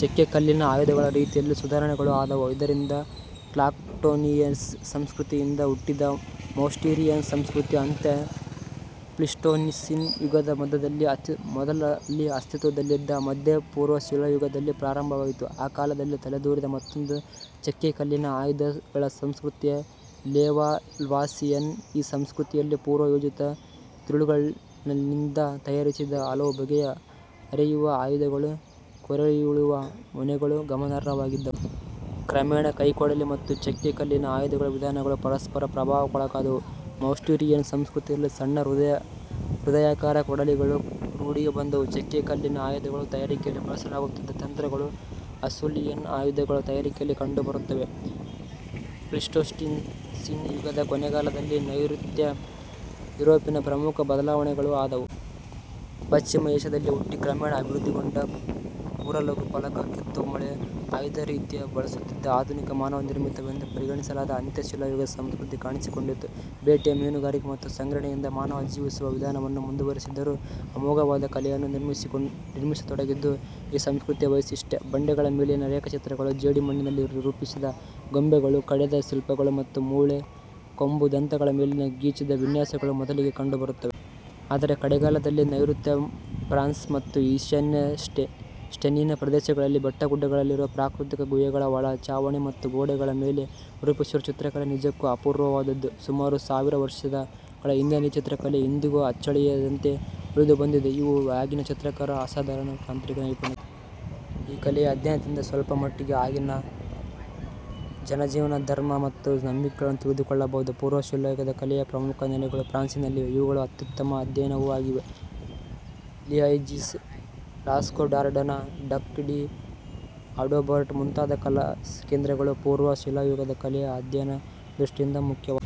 ಚಕ್ಕೆ ಕಲ್ಲಿನ ಆಯುಧಗಳ ರೀತಿಯಲ್ಲೂ ಸುಧಾರಣೆಗಳು ಆದುವು. ಇದರಿಂದ ಕ್ಲಾಕ್ಟೋನಿಯನ್ ಸಂಸ್ಕೃತಿಯಿಂದ ಹುಟ್ಟಿದ ಮೌಸ್ಟೀರಿಯನ್ ಸಂಸ್ಕೃತಿ ಅಂತ್ಯ ಪ್ಲೀಸ್ಟೋಸೀನ್ ಯುಗದ ಮೊದಲಲ್ಲಿ ಅಸ್ತಿತ್ವದಲ್ಲಿದ್ದ ಮಧ್ಯ-ಪೂರ್ವ ಶಿಲಾಯುಗದಲ್ಲಿ ಪ್ರಬಲವಾಯಿತು. ಆ ಕಾಲದಲ್ಲಿ ತಲೆದೋರಿದ ಮತ್ತೊಂದು ಚಕ್ಕೆಕಲ್ಲಿನ ಆಯುಧಗಳ ಸಂಸ್ಕೃತಿ ಲೆವಾಲ್ವಾಸಿಯನ್, ಈ ಸಂಸ್ಕೃತಿಯಲ್ಲಿ ಪೂರ್ವಯೋಜಿತ ತಿರುಳ್ಗಲ್ಲಿನಿಂದ ತಯಾರಿಸಿದ ಹಲವು ಬಗೆಯ ಹೆರೆಯುವ ಆಯುಧಗಳು, ಕೊರೆಯುಳಿಗಳು ಮೊನೆಗಳು ಗಮನಾರ್ಹವಾಗಿದ್ದುವು. ಕ್ರಮೇಣ ಕೈಕೊಡಲಿ ಮತ್ತು ಚಕ್ಕೆ ಕಲ್ಲಿನ ಆಯುಧಗಳ ವಿಧಾನಗಳು ಪರಸ್ಪರ ಪ್ರಭಾವಕ್ಕೊಳಗಾದುವು. ಮೌಸ್ಟೀರಿಯನ್ ಸಂಸ್ಕೃತಿಯಲ್ಲಿ ಸಣ್ಣ ಹೃದಯಾಕಾರದ ಕೈಕೊಡಲಿಗಳು ರೂಢಿಗೆ ಬಂದುವು. ಚಕ್ಕೆಕಲ್ಲಿನ ಆಯುಧಗಳ ತಯಾರಿಕೆಯಲ್ಲಿ ಬಳಸಲಾಗುತ್ತಿದ್ದ ತಂತ್ರಗಳು ಅಷ್ಯೂಲಿಯನ್ ಆಯುಧಗಳ ತಯಾರಿಕೆಯಲ್ಲಿ ಕಂಡುಬರುತ್ತವೆ. ಪ್ಲೀಸ್ಟೋಸೀನ್ ಯುಗದ ಕೊನೆಗಾಲದಲ್ಲಿ ನೈಋತ್ಯ ಯುರೋಪಿನಲ್ಲಿ ಪ್ರಮುಖ ಬದಲಾವಣೆಗಳು ಆದವು. ಪಶ್ಚಿಮ ಏಷ್ಯದಲ್ಲಿ ಹುಟ್ಟಿ ಕ್ರಮೇಣ ಅಭಿವೃದ್ಧಿಗೊಂಡ ಕೂರಲಗು ಫಲಕ ಕೆತ್ತುಮೊಳೆ ಆಯುಧರೀತಿಗಳನ್ನು ಬಳಸುತ್ತಿದ್ದ ಆಧುನಿಕ ಮಾನವ ನಿರ್ಮಿತವೆಂದು ಪರಿಗಣಿಸಲಾದ ಅಂತ್ಯಶಿಲಾಯುಗ ಸಂಸ್ಕೃತಿ ಕಾಣಿಸಿಕೊಂಡಿತು. ಬೇಟೆ, ಮೀನುಗಾರಿಕೆ ಮತ್ತು ಸಂಗ್ರಹಣೆಯಿಂದ ಮಾನವ ಜೀವಿಸುವ ವಿಧಾನವನ್ನು ಮುಂದುವರಿಸಿದರೂ ಅಮೋಘವಾದ ಕಲೆಯನ್ನು ನಿರ್ಮಿಸತೊಡಗಿದ್ದು ಈ ಸಂಸ್ಕೃತಿಯ ವೈಶಿಷ್ಟ್ಯ. ಬಂಡೆಗಳ ಮೇಲಿನ ರೇಖಾ ಚಿತ್ರಗಳು, ಜೇಡಿ ಮಣ್ಣಿನಲ್ಲಿ ರೂಪಿಸಿದ ಗೊಂಬೆಗಳು, ಕಡೆದ ಶಿಲ್ಪಗಳು ಮತ್ತು ಮೂಳೆ ಕೊಂಬು ದಂತಗಳ ಮೇಲಿನ ಗೀಚಿದ ವಿನ್ಯಾಸಗಳು ಮೊದಲಿಗೆ ಕಂಡುಬರುತ್ತವೆ. ಆದರೆ ಕಡೆಗಾಲದಲ್ಲಿ ನೈಋತ್ಯ ಫ್ರಾನ್ಸ್ ಮತ್ತು ಈಶಾನ್ಯ ಸ್ಟೇನಿನ ಪ್ರದೇಶಗಳಲ್ಲಿ ಬೆಟ್ಟಗುಡ್ಡಗಳಲ್ಲಿರುವ ಪ್ರಾಕೃತಿಕ ಗುಹೆಗಳ ಒಳ ಚಾವಣಿ ಮತ್ತು ಗೋಡೆಗಳ ಮೇಲೆ ರೂಪಿಸಿರುವ ಚಿತ್ರಕಲೆ ನಿಜಕ್ಕೂ ಅಪೂರ್ವವಾದದ್ದು. ಸುಮಾರು ಸಾವಿರ ವರ್ಷಗಳ ಹಿಂದಿನ ಈ ಚಿತ್ರಕಲೆ ಇಂದಿಗೂ ಅಚ್ಚಳಿಯದಂತೆ ಉಳಿದುಬಂದಿವೆ. ಇವು ಆಗಿನ ಚಿತ್ರಕಾರರ ಅಸಾಧಾರಣ ತಾಂತ್ರಿಕ ನೈಪುಣ್ಯಕ್ಕೆ ಸಾಕ್ಷಿ. ಈ ಕಲೆಯ ಅಧ್ಯಯನದಿಂದ ಸ್ವಲ್ಪಮಟ್ಟಿಗೆ ಆಗಿನ ಜನಜೀವನ, ಧರ್ಮ ಮತ್ತು ನಂಬಿಕೆಗಳನ್ನು ತಿಳಿದುಕೊಳ್ಳಬಹುದು. ಪೂರ್ವಶಿಲಾಯುಗದ ಕಲೆಯ ಪ್ರಮುಖ ನೆಲೆಗಳು ಫ್ರಾನ್ಸಿನಲ್ಲಿವೆ. ಇವುಗಳ ಅತ್ಯುತ್ತಮ ಅಧ್ಯಯನವೂ ಆಗಿವೆ. ಲಿಐಜೀಸ್, ಲಾಸ್ಕೊಡಾರ್ಡಾನ್, ಟಕ್ ಡಿ ಅಡೋಬರ್ಟ್ ಮುಂತಾದ ಕಲಾ ಕೇಂದ್ರಗಳು ಪೂರ್ವ ಶಿಲಾಯುಗದ ಕಲೆಯ ಅಧ್ಯಯನ ದೃಷ್ಟಿಯಿಂದ ಮುಖ್ಯವಾದವು.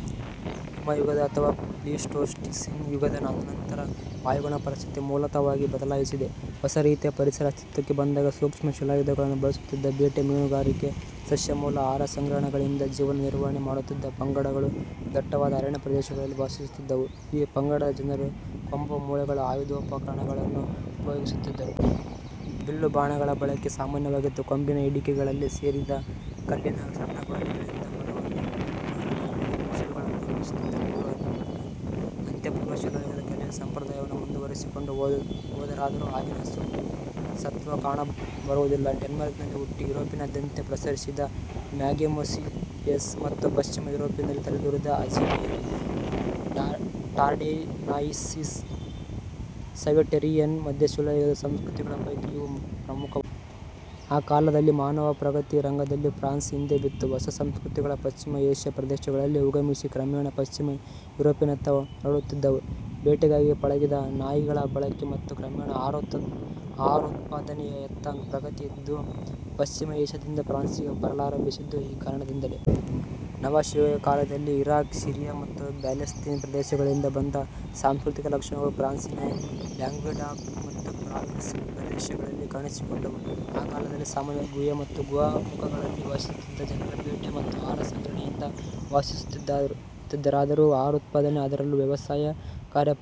ಹಿಮಯುಗದ ಅಥವಾ ಪ್ಲೀಸ್ಟೋಸೀನ್ ಯುಗದ ಅನಂತರ ವಾಯುಗುಣ ಪರಿಸ್ಥಿತಿ ಮೂಲಭೂತವಾಗಿ ಬದಲಾಯಿಸಿ ಹೊಸರೀತಿಯ ಪರಿಸರ ಅಸ್ತಿತ್ವಕ್ಕೆ ಬಂದಾಗ ಸೂಕ್ಷ್ಮ ಶಿಲಾಯುಧಗಳನ್ನು ಬಳಸುತ್ತಿದ್ದ ಬೇಟೆ ಮೀನುಗಾರಿಕೆ ಸಸ್ಯಮೂಲ ಆಹಾರ ಸಂಗ್ರಹಣೆಗಳಿಂದ ಜೀವನ ನಿರ್ವಹಣೆ ಮಾಡುತ್ತಿದ್ದ ಪಂಗಡಗಳು ದಟ್ಟವಾದ ಅರಣ್ಯಪ್ರದೇಶಗಳಲ್ಲಿ ವಾಸಿಸುತ್ತಿದ್ದುವು. ಈ ಪಂಗಡದ ಜನರು ಕೊಂಬು ಮೂಳೆಗಳ ಆಯುಧೋಪಕರಣಗಳನ್ನು ಉಪಯೋಗಿಸುತ್ತಿದ್ದರು. ಬಿಲ್ಲು ಬಾಣಗಳ ಬಳಕೆ ಸಾಮಾನ್ಯವಾಗಿತ್ತು. ಕೊಂಬಿನ ಹಿಡಿಕೆಗಳಲ್ಲಿ ಸೇರಿಸಿದ ಕಲ್ಲಿನ ಸಣ್ಣಕೊಡಲಿಗಳಿಂದ ಮರಗಳನ್ನು ಕಡಿದು ಗುಡಿಸಿಲುಗಳನ್ನು ನಿರ್ಮಿಸುತ್ತಿದ್ದರು. ಇವರು ಅಂತ್ಯ ಪೂರ್ವಶಿಲಾಯುಗದ ಕಲೆಯ ಸಂಪ್ರದಾಯವನ್ನು ಮುಂದುವರಿಸಿಕೊಂಡು ಹೋದರಾದರೂ ಆಗಿನ ಸತ್ತ್ವ ಕಾಣಬರುವುದಿಲ್ಲ. ಡೆನ್ಮಾರ್ಕಿನಲ್ಲಿ ಹುಟ್ಟಿ ಯೂರೊಪಿನಾದ್ಯಂತ ಪ್ರಸರಿಸಿದ ಮ್ಯಾಗೆಮೋಸಿಯಸ್ ಮತ್ತು ಪಶ್ಚಿಮ ಯುರೋಪಿನಲ್ಲಿ ತಲೆದೋರಿದ ಅಜಿಲಿಯನ್ ಟಾರ್ಡೆನಾಯಿಸಿನ್, ಸವೆಟೆರ್ರಿಯನ್ ಮಧ್ಯಶಿಲಾಯುಗ ಸಂಸ್ಕೃತಿಗಳ ಪೈಕಿ ಇವು ಪ್ರಮುಖವಾದವು. ಆ ಕಾಲದಲ್ಲಿ ಮಾನವ ಪ್ರಗತಿ ರಂಗದಲ್ಲಿ ಫ್ರಾನ್ಸ್ ಹಿಂದೆ ಬಿತ್ತು. ಹೊಸ ಸಂಸ್ಕೃತಿಗಳು ಪಶ್ಚಿಮ ಏಷ್ಯ ಪ್ರದೇಶಗಳಲ್ಲಿ ಉಗಮಿಸಿ ಕ್ರಮೇಣ ಪಶ್ಚಿಮ ಯೂರೋಪಿನತ್ತ ಹರಡುತ್ತಿದ್ದುವು. ಬೇಟೆಗಾಗಿ ಪಳಗಿದ ನಾಯಿಗಳ ಬಳಕೆ ಮತ್ತು ಕ್ರಮೇಣ ಆಹಾರೋತ್ಪಾದನೆಯತ್ತ ಪ್ರಗತಿ, ಇವು ಪಶ್ಚಿಮ ಏಷ್ಯದಿಂದ ಫ್ರಾನ್ಸಿಗೆ ಬರಲಾರಂಭಿಸಿದ್ದು ಈ ಕಾರಣದಿಂದಲೇ. ನವಶಿಲಾಯುಗ ಕಾಲದಲ್ಲಿ ಇರಾಕ್, ಸಿರಿಯ ಮತ್ತು ಪ್ಯಾಲಸ್ತೀನ್ ಪ್ರದೇಶಗಳಿಂದ ಬಂದ ಸಾಂಸ್ಕೃತಿಕ ಲಕ್ಷಣಗಳು ಫ್ರಾನ್ಸಿನ ಲ್ಯಾಂಗ್ವೆಡಾಕ್ ಮತ್ತು ಪ್ರಾವೆನ್ಸ್ ಪ್ರದೇಶಗಳಲ್ಲಿ ಕಾಣಿಸಿಕೊಂಡವು. ಆ ಕಾಲದಲ್ಲಿ ಸಾಮಾನ್ಯವಾಗಿ ಗುಹೆ ಮತ್ತು ಗುಹಾಮುಖಗಳಲ್ಲಿ ವಾಸಿಸುತ್ತಿದ್ದ ಜನರು ಬೇಟೆ ಮತ್ತು ಆಹಾರಸಂಗ್ರಹಣೆಯಿಂದ ವಾಸಿಸುತ್ತಿದ್ದರಾದರೂ ಆಹಾರೋತ್ಪಾದನೆ ಅದರಲ್ಲೂ ವ್ಯವಸಾಯ ಕಾರ್ಯ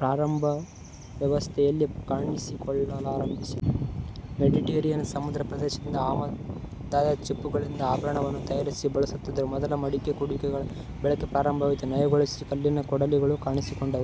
ಪ್ರಾರಂಭಾವಸ್ಥೆಯಲ್ಲಿ ಕಾಣಿಸಿಕೊಳ್ಳಲಾರಂಭಿಸಿತು. ಮೆಡಿಟೆರೇನಿಯನ್ ಸಮುದ್ರ ಪ್ರದೇಶದಿಂದ ಆಮದಾದ ಚಿಪ್ಪುಗಳಿಂದ ಆಭರಣಗಳನ್ನು ತಯಾರಿಸಿ ಬಳಸುತ್ತಿದ್ದರು. ಮೊದಲ ಮಡಕೆ-ಕುಡಿಕೆಗಳ ಬಳಕೆ ಪ್ರಾರಂಭವಾಯಿತು. ನಯಗೊಳಿಸಿದ ಕಲ್ಲಿನ ಕೊಡಲಿಗಳು ಕಾಣಿಸಿಕೊಂಡವು.